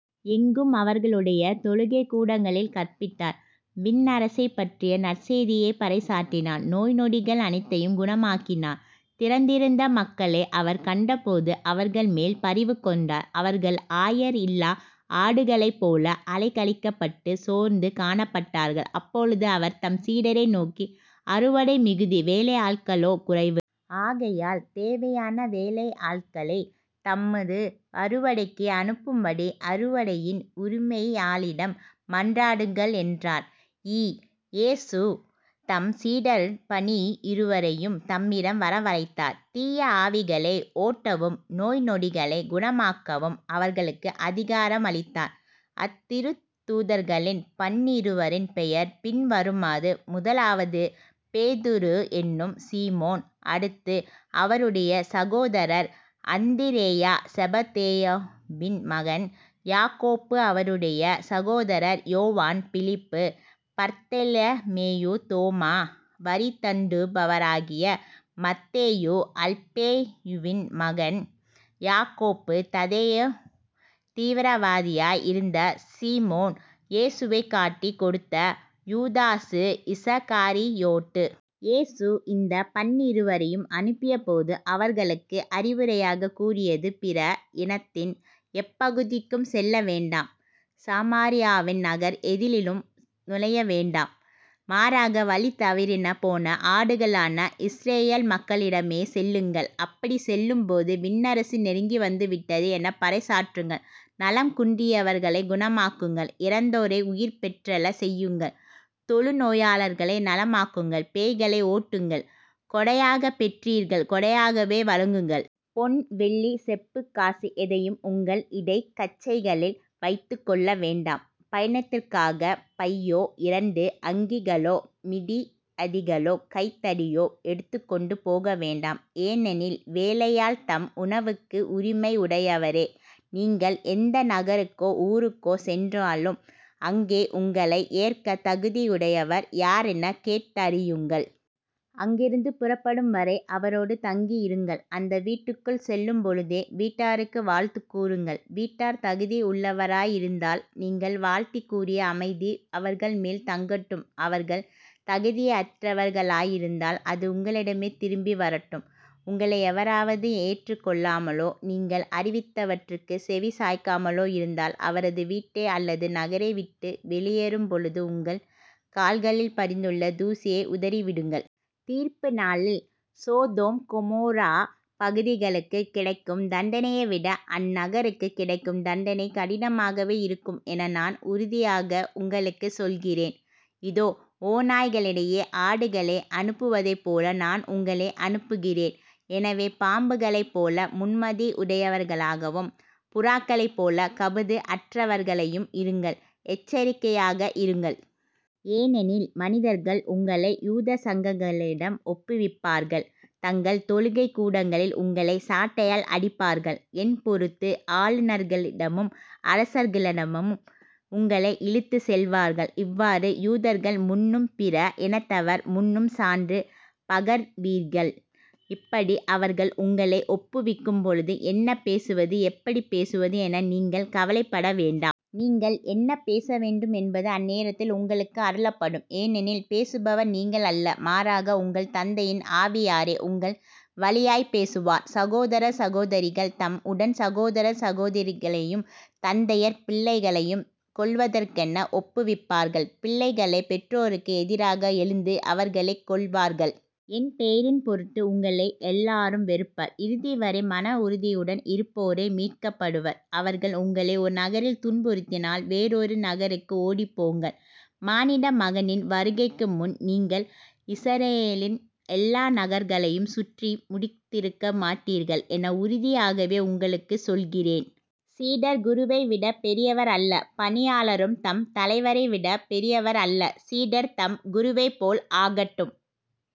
எங்கும் அவர்களுடைய தொழுகைக்கூடங்களில் கற்பித்தார் விண்ணரசைப்பற்றிய நற்செய்தியைப் பறைசாற்றினார் நோய் நொடிகள் அனைத்தையும் குணமாக்கினார். திரண்டிருந்த மக்களை அவர் கண்டபோது அவர்கள் மேல் பரிவுகொண்டார் அவர்கள் ஆயர் இல்லா ஆடுகளைப்போல அலைக்கழிக்கப்பட்டு சோர்ந்து காணப்பட்டார்கள். அப்பொழுது அவர் தம் சீடரை நோக்கி அறுவடை மிகுதி வேலையாள்களோ குறைவு. ஆகையால் தேவையான வேலையாள்களைத் தமது அறுவடைக்கு அனுப்பும்படி அறுவடையின் உரிமையாளிடம் மன்றாடுங்கள் என்றார். ஈ. இயேசு தம் சீடர் பன்னிருவரையும் தம்மிடம் வரவழைத்தார். தீய ஆவிகளை ஓட்டவும், நோய் நொடிகளைக் குணமாக்கவும் அவர்களுக்கு அதிகாரம் அளித்தார். அத்திருத்தூதர்களின் பன்னிருவரின் பெயர் பின்வருமாறு முதலாவது பேதுரு என்னும் சீமோன், அடுத்து அவருடைய சகோதரர் அந்திரேயா செபதேயுவின் மகன் யாக்கோப்பு அவருடைய சகோதரர் யோவான் பிலிப்பு பர்த்தலமேயு தோமா வரிதண்டுபவராகிய மத்தேயு அல்பேயுவின் மகன் யாக்கோப்பு ததேயு தீவிரவாதியாய் இருந்த சீமோன் இயேசுவைக் காட்டிக் கொடுத்த யூதாசு இஸகாரியோத்து. இயேசு இந்தப் பன்னிருவரையும் அனுப்பியபோது அவர்களுக்கு அறிவுரையாகக் கூறியது பிற இனத்தின் எப்பகுதிக்கும் செல்ல வேண்டாம். சமாரியாவின் நகர் எதிலும் நுழைய வேண்டாம். மாறாக வழி தவறினப்போன ஆடுகளான இஸரயேல் மக்களிடமே செல்லுங்கள். அப்படிச் செல்லும்போது" விண்ணரசு நெருங்கி வந்துவிட்டது எனப் பறைசாற்றுங்கள். நலம் குன்றியவர்களைக் குணமாக்குங்கள் இறந்தோரை உயிர் பெற்றெழச் செய்யுங்கள் தொழுநோயாளர்களை நலமாக்குங்கள் பேய்களை ஓட்டுங்கள் கொடையாகப் பெற்றீர்கள் கொடையாகவே வழங்குங்கள். பொன் வெள்ளி செப்புக் காசு எதையும் உங்கள் இடைக் கச்சைகளில் வைத்துக் கொள்ள வேண்டாம். பயணத்திற்காகப் பையோ இரண்டு அங்கிகளோ மிதியடிகளோ கைத்தடியோ எடுத்துக்கொண்டு போக வேண்டாம். ஏனெனில் வேலையாள் தம் உணவுக்கு உரிமை உடையவரே. நீங்கள் எந்த நகருக்கோ ஊருக்கோ சென்றாலும் அங்கே உங்களை ஏற்கத் தகுதியுடையவர் யாரெனக் கேட்டறியுங்கள். அங்கிருந்து புறப்படும்வரை அவரோடு தங்கியிருங்கள். அந்த வீட்டுக்குள் செல்லும்பொழுதே வீட்டாருக்கு வாழ்த்துக் கூறுங்கள். வீட்டார் தகுதி உள்ளவராய் இருந்தால நீங்கள் வாழ்த்திக் கூறிய அமைதி அவர்கள்மேல் தங்கட்டும் அவர்கள் தகுதியற்றவர்களாயிருந்தால் அது உங்களிடமே திரும்பி வரட்டும். உங்களை எவராவது ஏற்றுக் கொள்ளாமலோ நீங்கள் அறிவித்தவற்றுக்குச் செவிசாய்க்காமலோ இருந்தால் அவரது வீட்டை அல்லது நகரைவிட்டு வெளியேறும்பொழுது உங்கள் கால்களில் படிந்துள்ள தூசியை உதறிவிடுங்கள். தீர்ப்பு நாளில் சோதோம் கொமோராப்பகுதிகளுக்குக் கிடைக்கும் தண்டனையை விட அந்நகருக்குக் கிடைக்கும் தண்டனை கடினமாகவே இருக்கும் என நான் உறுதியாக உங்களுக்குச் சொல்கிறேன். இதோ. ஓநாய்களிடையே ஆடுகளை அனுப்புவதைப்போல நான் உங்களை அனுப்புகிறேன். எனவே பாம்புகளைப்போல முன்மதி உடையவர்களாகவும் புறாக்களைப்போலக் கபடு அற்றவர்களையும் இருங்கள். எச்சரிக்கையாக இருங்கள். ஏனெனில் மனிதர்கள் உங்களை யூதச் சங்கங்களிடம் ஒப்புவிப்பார்கள். தங்கள் தொழுகைக்கூடங்களில் உங்களைச் சாட்டையால் அடிப்பார்கள். என்பொருட்டு ஆளுநர்களிடமும் அரசர்களிடமும் உங்களை இழுத்துச்செல்வார்கள். இவ்வாறு யூதர்கள் முன்னும் பிற இனத்தவர் முன்னும் சான்று பகர்வீர்கள். இப்படி அவர்கள் உங்களை ஒப்புவிக்கும்பொழுது என்ன பேசுவது எப்படிப் பேசுவது என நீங்கள் கவலைப்பட வேண்டாம். நீங்கள் என்ன பேச வேண்டும் என்பது அந்நேரத்தில் உங்களுக்கு அருளப்படும். ஏனெனில் பேசுபவர் நீங்கள் அல்ல. மாறாக, உங்கள் தந்தையின் ஆவியாரே உங்கள் வழியாய்ப் பேசுவார். சகோதரர் சகோதரிகள் தம் உடன் சகோதரர் சகோதரிகளையும் தந்தையர் பிள்ளைகளையும் கொல்வதற்கென ஒப்புவிப்பார்கள். பிள்ளைகளை பெற்றோர்க்கு எதிராக எழுந்து அவர்களைக் கொல்வார்கள். என் பெயரின் பொருட்டு உங்களை எல்லாரும் வெறுப்பர். இறுதிவரை மன உறுதியுடன் இருப்போரே மீட்கப்படுவர். அவர்கள் உங்களை ஒரு நகரில் துன்புறுத்தினால் வேறொரு நகருக்கு ஓடிப்போங்கள். மானிட மகனின் வருகைக்குமுன் நீங்கள் இஸரயேலின் எல்லா நகர்களையும் சுற்றி முடித்திருக்க மாட்டீர்கள் என உறுதியாகவே உங்களுக்குச் சொல்கிறேன். சீடர் குருவை விடப் பெரியவர் அல்ல. பணியாளரும் தம் தலைவரைவிடப் பெரியவர் அல்ல. சீடர் தம் குருவைப் போல் ஆகட்டும்